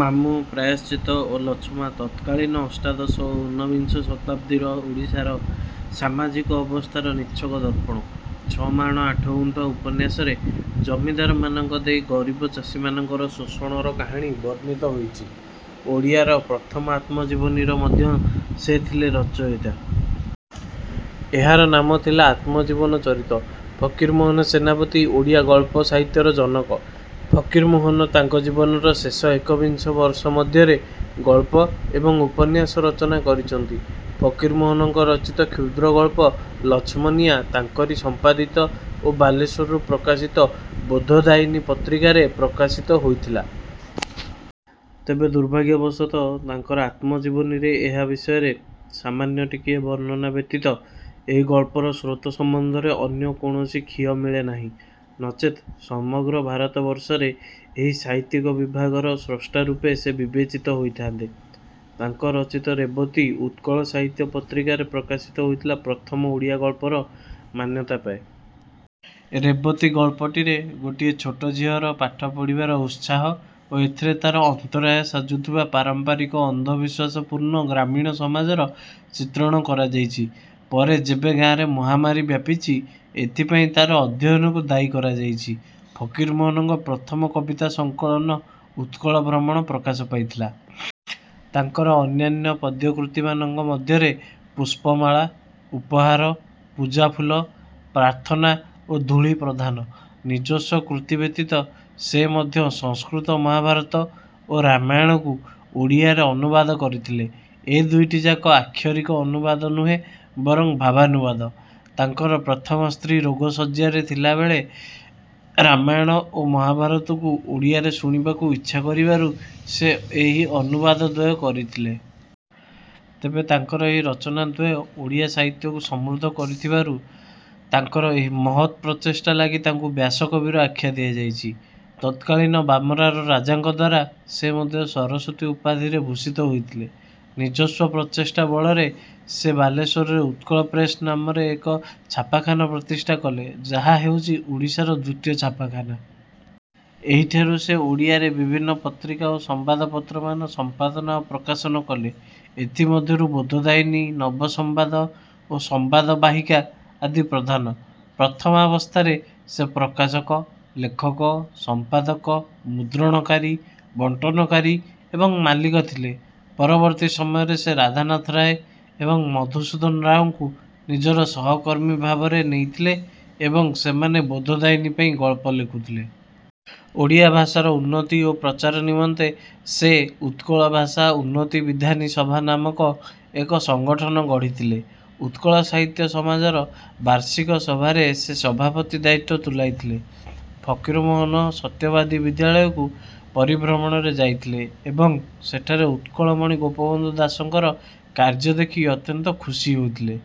ମାମୁଁ ପ୍ରାୟଶ୍ଚିତ ଓ ଲଛମା ତତ୍କାଳୀନ ଅଷ୍ଟାଦଶ ଓ ଊନବିଂଶ ଶତାବ୍ଦୀର ଓଡ଼ିଶାର ସାମାଜିକ ଅବସ୍ଥାର ନିଚ୍ଛକ ଦର୍ପଣ। ଛ ମାଣ ଆଠ ଗୁଣ୍ଠ ଉପନ୍ୟାସରେ ଜମିଦାରମାନଙ୍କ ଦେଇ ଗରିବ ଚାଷୀମାନଙ୍କର ଶୋଷଣର କାହାଣୀ ବର୍ଣ୍ଣିତ ହୋଇଛି। ଓଡ଼ିଆର ପ୍ରଥମ ଆତ୍ମଜୀବନୀର ମଧ୍ୟ ସେ ଥିଲେ ରଚୟିତା। ଏହାର ନାମ ଥିଲା ଆତ୍ମ ଜୀବନ ଚରିତ। ଫକୀରମୋହନ ସେନାପତି ଓଡ଼ିଆ ଗଳ୍ପ ସାହିତ୍ୟର ଜନକ। ଫକୀରମୋହନ ତାଙ୍କ ଜୀବନର ଶେଷ ଏକବିଂଶ ବର୍ଷ ମଧ୍ୟରେ ଗଳ୍ପ ଏବଂ ଉପନ୍ୟାସ ରଚନା କରିଛନ୍ତି। ଫକୀରମୋହନଙ୍କ ରଚିତ କ୍ଷୁଦ୍ରଗଳ୍ପ ଲଛମନିଆ ତାଙ୍କରି ସମ୍ପାଦିତ ଓ ବାଲେଶ୍ୱରରୁ ପ୍ରକାଶିତ ବୋଧଦାୟିନୀ ପତ୍ରିକାରେ ପ୍ରକାଶିତ ହୋଇଥିଲା। ତେବେ ଦୁର୍ଭାଗ୍ୟବଶତଃ ତାଙ୍କର ଆତ୍ମଜୀବନୀରେ ଏହା ବିଷୟରେ ସାମାନ୍ୟ ଟିକିଏ ବର୍ଣ୍ଣନା ବ୍ୟତୀତ ଏହି ଗଳ୍ପର ସ୍ରୋତ ସମ୍ବନ୍ଧରେ ଅନ୍ୟ କୌଣସି ଖିଅ ମିଳେନାହିଁ ନଚେତ୍ ସମଗ୍ର ଭାରତବର୍ଷରେ ଏହି ସାହିତ୍ୟିକ ବିଭାଗର ସ୍ରଷ୍ଟା ରୂପେ ସେ ବିବେଚିତ ହୋଇଥାନ୍ତେ। ତାଙ୍କ ରଚିତ ରେବତୀ ଉତ୍କଳ ସାହିତ୍ୟ ପତ୍ରିକାରେ ପ୍ରକାଶିତ ହୋଇଥିଲା ପ୍ରଥମ ଓଡ଼ିଆ ଗଳ୍ପର ମାନ୍ୟତା ପାଏ। ରେବତୀ ଗଳ୍ପଟିରେ ଗୋଟିଏ ଛୋଟ ଝିଅର ପାଠ ପଢ଼ିବାର ଉତ୍ସାହ ଓ ଏଥିରେ ତାର ଅନ୍ତରାୟ ସାଜୁଥିବା ପାରମ୍ପରିକ ଅନ୍ଧବିଶ୍ୱାସପୂର୍ଣ୍ଣ ଗ୍ରାମୀଣ ସମାଜର ଚିତ୍ରଣ କରାଯାଇଛି। ପରେ ଯେବେ ଗାଁରେ ମହାମାରୀ ବ୍ୟାପିଛି ଏଥିପାଇଁ ତାର ଅଧ୍ୟୟନକୁ ଦାୟୀ କରାଯାଇଛି। ଫକୀରମୋହନଙ୍କ ପ୍ରଥମ କବିତା ସଙ୍କଳନ ଉତ୍କଳ ଭ୍ରମଣ ପ୍ରକାଶ ପାଇଥିଲା। ତାଙ୍କର ଅନ୍ୟାନ୍ୟ ପଦ୍ୟ କୃତିମାନଙ୍କ ମଧ୍ୟରେ ପୁଷ୍ପମାଳା ଉପହାର ପୂଜା ଫୁଲ ପ୍ରାର୍ଥନା ଓ ଧୂଳି ପ୍ରଧାନ। ନିଜସ୍ୱ କୃତି ବ୍ୟତୀତ ସେ ମଧ୍ୟ ସଂସ୍କୃତ ମହାଭାରତ ଓ ରାମାୟଣକୁ ଓଡ଼ିଆରେ ଅନୁବାଦ କରିଥିଲେ। ଏ ଦୁଇଟିଯାକ ଆକ୍ଷରିକ ଅନୁବାଦ ନୁହେଁ ବରଂ ଭାବାନୁବାଦ। ତାଙ୍କର ପ୍ରଥମ ସ୍ତ୍ରୀ ରୋଗଶଯ୍ୟାରେ ଥିଲାବେଳେ ରାମାୟଣ ଓ ମହାଭାରତକୁ ଓଡ଼ିଆରେ ଶୁଣିବାକୁ ଇଚ୍ଛା କରିବାରୁ ସେ ଏହି ଅନୁବାଦ ଦ୍ୱୟ କରିଥିଲେ। ତେବେ ତାଙ୍କର ଏହି ରଚନା ଦ୍ୱୟ ଓଡ଼ିଆ ସାହିତ୍ୟକୁ ସମୃଦ୍ଧ କରିଥିବାରୁ ତାଙ୍କର ଏହି ମହତ ପ୍ରଚେଷ୍ଟା ଲାଗି ତାଙ୍କୁ ବ୍ୟାସକବିର ଆଖ୍ୟା ଦିଆଯାଇଛି। ତତ୍କାଳୀନ ବାମରାର ରାଜାଙ୍କଦ୍ୱାରା ସେ ମଧ୍ୟ ସରସ୍ୱତୀ ଉପାଧିରେ ଭୂଷିତ ହୋଇଥିଲେ। ନିଜସ୍ୱ ପ୍ରଚେଷ୍ଟା ବଳରେ ସେ ବାଲେଶ୍ୱରରେ ଉତ୍କଳ ପ୍ରେସ ନାମରେ ଏକ ଛାପାଖାନା ପ୍ରତିଷ୍ଠା କଲେ ଯାହା ହେଉଛି ଓଡ଼ିଶାର ଦ୍ୱିତୀୟ ଛାପାଖାନା। ଏହିଠାରୁ ସେ ଓଡ଼ିଆରେ ବିଭିନ୍ନ ପତ୍ରିକା ଓ ସମ୍ବାଦପତ୍ରମାନ ସମ୍ପାଦନା ଓ ପ୍ରକାଶନ କଲେ। ଏଥିମଧ୍ୟରୁ ବୋଧଦାୟିନୀ ନବସମ୍ବାଦ ଓ ସମ୍ବାଦ ବାହିକା ଆଦି ପ୍ରଧାନ। ପ୍ରଥମାବସ୍ଥାରେ ସେ ପ୍ରକାଶକ ଲେଖକ ସମ୍ପାଦକ ମୁଦ୍ରଣକାରୀ ବଣ୍ଟନକାରୀ ଏବଂ ମାଲିକ ଥିଲେ। ପରବର୍ତ୍ତୀ ସମୟରେ ସେ ରାଧାନାଥ ରାୟ ଏବଂ ମଧୁସୂଦନ ରାଓଙ୍କୁ ନିଜର ସହକର୍ମୀ ଭାବରେ ନେଇଥିଲେ ଏବଂ ସେମାନେ ବୋଧଦାୟିନୀ ପାଇଁ ଗଳ୍ପ ଲେଖୁଥିଲେ। ଓଡ଼ିଆ ଭାଷାର ଉନ୍ନତି ଓ ପ୍ରଚାର ନିମନ୍ତେ ସେ ଉତ୍କଳ ଭାଷା ଉନ୍ନତି ବିଧାନୀ ସଭା ନାମକ ଏକ ସଙ୍ଗଠନ ଗଢ଼ିଥିଲେ। ଉତ୍କଳ ସାହିତ୍ୟ ସମାଜର ବାର୍ଷିକ ସଭାରେ ସେ ସଭାପତି ଦାୟିତ୍ୱ ତୁଲାଇଥିଲେ। ଫକୀରମୋହନ ସତ୍ୟବାଦୀ ବିଦ୍ୟାଳୟକୁ ପରିଭ୍ରମଣରେ ଯାଇଥିଲେ ଏବଂ ସେଠାରେ ଉତ୍କଳମଣି ଗୋପବନ୍ଧୁ ଦାସଙ୍କର କାର୍ଯ୍ୟ ଦେଖି ଅତ୍ୟନ୍ତ ଖୁସି ହୋଇଥିଲେ।